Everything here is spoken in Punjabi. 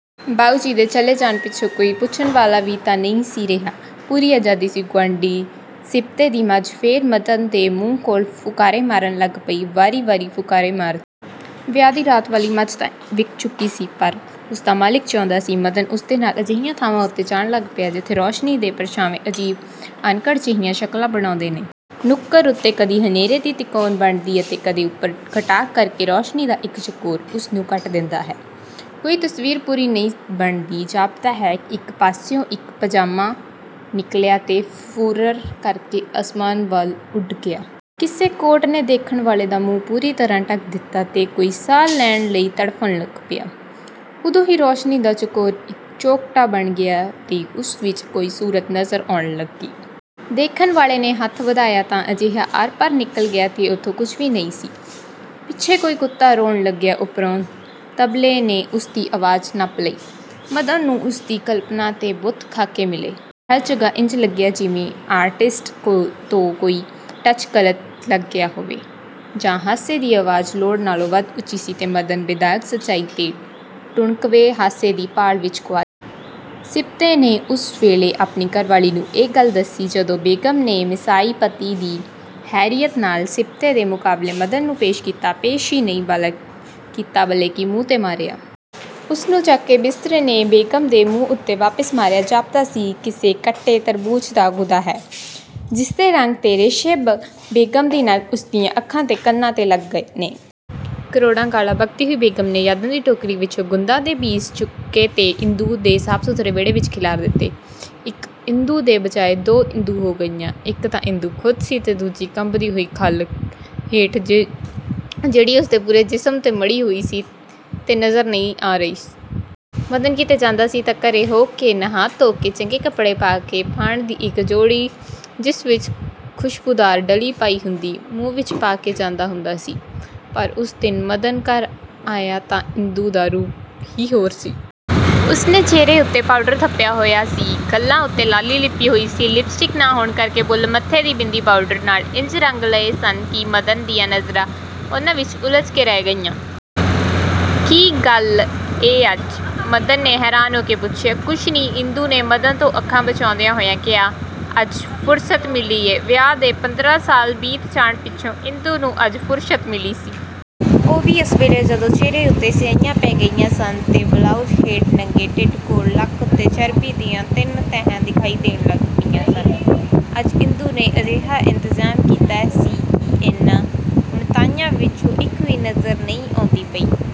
ਬਾਊਜੀ ਦੇ ਚਲੇ ਜਾਣ ਪਿੱਛੋਂ ਕੋਈ ਪੁੱਛਣ ਵਾਲਾ ਵੀ ਤਾਂ ਨਹੀਂ ਸੀ ਰਿਹਾ। ਪੂਰੀ ਆਜ਼ਾਦੀ ਸੀ। ਗੁਆਂਢੀ ਸਿਬਤੇ ਦੀ ਮੱਝ ਫੇਰ ਮਦਨ ਦੇ ਮੂੰਹ ਕੋਲ ਫੁਕਾਰੇ ਮਾਰਨ ਲੱਗ ਪਈ; ਵਾਰੀ ਵਾਰੀ ਫੁਕਾਰੇ ਮਾਰਦੀ। ਵਿਆਹ ਦੀ ਰਾਤ ਵਾਲੀ ਮੱਝ ਤਾਂ ਵਿਕ ਚੁੱਕੀ ਸੀ, ਪਰ ਉਸਦਾ ਮਾਲਿਕ ਜਿਉਂਦਾ ਸੀ। ਮਦਨ ਉਸ ਦੇ ਨਾਲ ਅਜਿਹੀਆਂ ਥਾਵਾਂ ਉੱਤੇ ਜਾਣ ਲੱਗ ਪਿਆ, ਜਿੱਥੇ ਰੌਸ਼ਨੀ ਤੇ ਪ੍ਰਛਾਵੇਂ ਅਜੀਬ ਅਣਘੜ ਜਿਹੀ ਸ਼ਕਲਾਂ ਬਣਾਉਦੇ ਨੇ। ਨੁੱਕਰ ਉੱਤੇ ਕਦੀ ਹਨੇਰੇ ਦੀ ਤਿਕੋਨ ਬਣਦੀ ਹੈ ਤੇ ਕਦੇ ਉਪਰ ਖਟਾਕ ਕਰਕੇ ਰੌਸ਼ਨੀ ਦਾ ਇਕ ਚਕੋਰ ਉਸਨੂੰ ਕੱਟ ਦਿੰਦਾ ਹੈ। ਕੋਈ ਤਸਵੀਰ ਪੂਰੀ ਨਹੀਂ ਬਣਦੀ। ਜਾਪਦਾ ਹੈ, ਇਕ ਪਾਸਿਓਂ ਇਕ ਪਾਜਾਮਾ ਨਿਕਲਿਆ ਤੇ ਫੁਰਰ ਕਰਕੇ ਆਸਮਾਨ ਵੱਲ ਉੱਡ ਗਿਆ। ਕਿਸੇ ਕੋਟ ਨੇ ਦੇਖਣ ਵਾਲੇ ਦਾ ਮੂੰਹ ਪੂਰੀ ਤਰ੍ਹਾਂ ਢਕ ਦਿਤਾ ਤੇ ਕੋਈ ਸਾਹ ਲੈਣ ਲਈ ਤੜਫਨ ਲੱਗ ਪਿਆ। ਉਦੋਂ ਹੀ ਰੌਸ਼ਨੀ ਦਾ ਚਕੋਰ ਇਕ ਚੌਖ਼ਟਾ ਬਣ ਗਿਆ ਤੇ ਉਸ ਵਿਚ ਕੋਈ ਸੂਰਤ ਨਜ਼ਰ ਆਉਣ ਲੱਗੀ। ਦੇਖਣ ਵਾਲੇ ਨੇ ਹੱਥ ਵਧਾਇਆ ਤਾਂ ਅਜਿਹਾ ਆਰਪਾਰ ਨਿਕਲ ਗਿਆ ਤੇ ਉੱਥੇ ਕੁਝ ਵੀ ਨਹੀਂ ਸੀ। ਪਿੱਛੇ ਕੋਈ ਕੁੱਤਾ ਰੋਣ ਲੱਗਿਆ, ਉਪਰੋਂ ਤਬਲੇ ਨੇ ਉਸਦੀ ਆਵਾਜ਼ ਨੱਪ ਲਈ। ਮਦਨ ਨੂੰ ਉਸਦੀ ਕਲਪਣਾ ਦੇ ਬੁੱਤ–ਖ਼ਾਕੇ ਮਿਲੇ। ਪਰ ਹਰ ਜਗ੍ਹਾ ਇੰਜ ਲੱਗਿਆ ਜਿਵੇਂ ਆਰਟਿਸਟ ਤੋਂ ਕੋਈ ਟੱਚ ਗਲਤ ਲੱਗ ਗਿਆ ਹੋਵੇ। ਜਾਂ ਹਾਸੇ ਦੀ ਆਵਾਜ਼ ਲੋੜ ਨਾਲੋਂ ਵੱਧ ਉੱਚੀ ਸੀ ਤੇ ਮਦਨ ਬੇਦਾਗ ਸੱਚਾਈ ਤੇ ਟੁਣਕਵੇਂ ਹਾਸੇ ਦੀ ਭਾਲ ਵਿਚ ਗਵਾਚ ਗਿਆ। ਸਿਬਤੇ ਨੇ ਉਸ ਵੇਲੇ ਆਪਣੀ ਘਰਵਾਲੀ ਨੂੰ ਇਹ ਗੱਲ ਦੱਸੀ, ਜਦੋਂ ਬੇਗ਼ਮ ਨੇ ਮਿਸਾਲੀ ਪਤੀ ਦੀ ਹੈਸੀਅਤ ਨਾਲ ਸਿਬਤੇ ਦੇ ਮੁਕਾਬਲੇ ਮਦਨ ਨੂੰ ਪੇਸ਼ ਕੀਤਾ; ਪੇਸ਼ ਹੀ ਨਹੀਂ ਕੀਤਾ ਬਲਿਕੇ ਮੂੰਹ 'ਤੇ ਮਾਰਿਆ। ਉਸਨੂੰ ਚੁੱਕ ਕੇ ਸਿਬਤੇ ਨੇ ਬੇਗ਼ਮ ਦੇ ਮੂੰਹ ਉੱਤੇ ਵਾਪਸ ਮਾਰਿਆ। ਜਾਪਦਾ ਸੀ ਕਿਸੇ ਕੱਟੇ ਤਰਬੂਜ਼ ਦਾ ਗੁਦਾ ਹੈ ਜਿਸਦੇ ਰੰਗ ਤੇ ਰੇਸ਼ੇ ਬੇਗ਼ਮ ਦੀ ਨੱਕ, ਉਸਦੀਆਂ ਅੱਖਾਂ ਤੇ ਕੰਨਾਂ 'ਤੇ ਲੱਗ ਗਏ ਨੇ। ਕਰੋੜਾਂ ਗਾਲ੍ਹਾਂ ਬਕਦੀ ਹੋਈ ਬੇਗ਼ਮ ਨੇ ਯਾਦਾਂ ਦੀ ਟੋਕਰੀ ਵਿਚੋਂ ਗੁੱਦਾ ਤੇ ਬੀਜ ਚੁੱਕੇ ਤੇ ਇੰਦੂ ਦੇ ਸਾਫ–ਸੁਥਰੇ ਵਿਹੜੇ ਵਿਚ ਖਿਲਾਰ ਦਿਤੇ। ਇਕ ਇੰਦੂ ਦੀ ਬਜਾਏ ਦੋ ਇੰਦੂ ਹੋ ਗਈਆਂ, ਇਕ ਤਾਂ ਇੰਦੂ ਖ਼ੁਦ ਸੀ ਤੇ ਦੂਜੀ ਕੰਬਦੀ ਹੋਈ ਖੱਲ ਹੇਠ ਜਿਹੜੀ ਉਸਦੇ ਪੂਰੇ ਜਿਸਮ 'ਤੇ ਮੜ੍ਹੀ ਹੋਈ ਸੀ ਤੇ ਨਜ਼ਰ ਨਹੀਂ ਸੀ ਆ ਰਹੀ। ਮਦਨ ਕਿਤੇ ਜਾਂਦਾ ਸੀ ਤਾਂ ਘਰੇ ਹੋ–ਕੇ, ਨਹਾ ਧੋ–ਕੇ, ਚੰਗੇ ਕਪੜੇ ਪਾ–ਕੇ, ਪਾਨ ਦੀ ਇਕ ਜੋੜੀ ਜਿਸ ਵਿਚ ਖੁਸ਼ਬੂਦਾਰ ਡਲੀ ਪਾਈ ਹੁੰਦੀ, ਮੂੰਹ ਵਿਚ ਪਾ–ਕੇ ਜਾਂਦਾ ਹੁੰਦਾ ਸੀ। ਪਰ ਉਸ ਦਿਨ ਮਦਨ ਘਰ ਆਇਆ ਤਾਂ ਇੰਦੂ ਦਾ ਰੂਪ ਹੀ ਹੋਰ ਸੀ। ਉਸਨੇ ਚਿਹਰੇ ਉੱਤੇ ਪਾਊਡਰ ਥੱਪਿਆ ਹੋਇਆ ਸੀ। ਗੱਲ੍ਹਾਂ ਉੱਤੇ ਲਾਲੀ ਲਿੱਪੀ ਹੋਈ ਸੀ। ਲਿਪਸਟਿਕ ਨਾ ਹੋਣ ਕਰਕੇ ਬੁੱਲ੍ਹ ਮੱਥੇ ਦੀ ਬਿੰਦੀ–ਪਾਊਡਰ ਨਾਲ ਇੰਜ ਰੰਗ ਲਏ ਸਨ ਕਿ ਮਦਨ ਦੀਆਂ ਨਜ਼ਰਾਂ ਉਹਨਾਂ ਵਿਚ ਉਲਝ ਕੇ ਰਹਿ ਗਈਆਂ। "ਕੀ ਗੱਲ ਏ ਅੱਜ? " ਮਦਨ ਨੇ ਹੈਰਾਨ ਹੋ ਕੇ ਪੁੱਛਿਆ। "ਕੁਸ਼ ਨੀਂ," ਇੰਦੂ ਨੇ ਮਦਨ ਤੋਂ ਅੱਖਾਂ ਬਚਾਉਂਦਿਆਂ ਹੋਇਆਂ ਕਿਹਾ-"ਅੱਜ ਫ਼ੁਰਸਤ ਮਿਲੀ ਐ" ਵਿਆਹ ਦੇ ਪੰਦਰਾਂ ਸਾਲ ਬੀਤ ਜਾਣ ਪਿੱਛੋਂ ਇੰਦੂ ਨੂੰ ਅੱਜ ਫ਼ੁਰਸਤ ਮਿਲੀ ਸੀ। ਉਹ ਵੀ ਉਸ ਵੇਲੇ ਜਦੋਂ ਚਿਹਰੇ ਉੱਤੇ ਸਿਆਹੀਆਂ ਪੈ ਗਈਆਂ ਸਨ ਤੇ ਬਲਾਊਜ਼ ਹੇਠ ਨੰਗੇ ਢਿੱਡ ਕੋਲ ਲੱਕ ਉੱਤੇ ਚਰਬੀ ਦੀਆਂ ਦੋ ਤਿੰਨ ਤੈਹਾਂ ਦਿਖਾਈ ਦੇਣ ਲੱਗ ਪਈਆਂ ਸਨ। ਅੱਜ ਇੰਦੂ ਨੇ ਅਜਿਹਾ ਇੰਤਜ਼ਾਮ ਕੀਤਾ ਸੀ ਕਿ ਇਹਨਾਂ ਉਣਤਾਈਆਂ ਵਿਚੋਂ ਇਕ ਵੀ ਨਜ਼ਰ ਨਹੀਂ ਸੀ ਆਉਂਦੀ ਪਈ।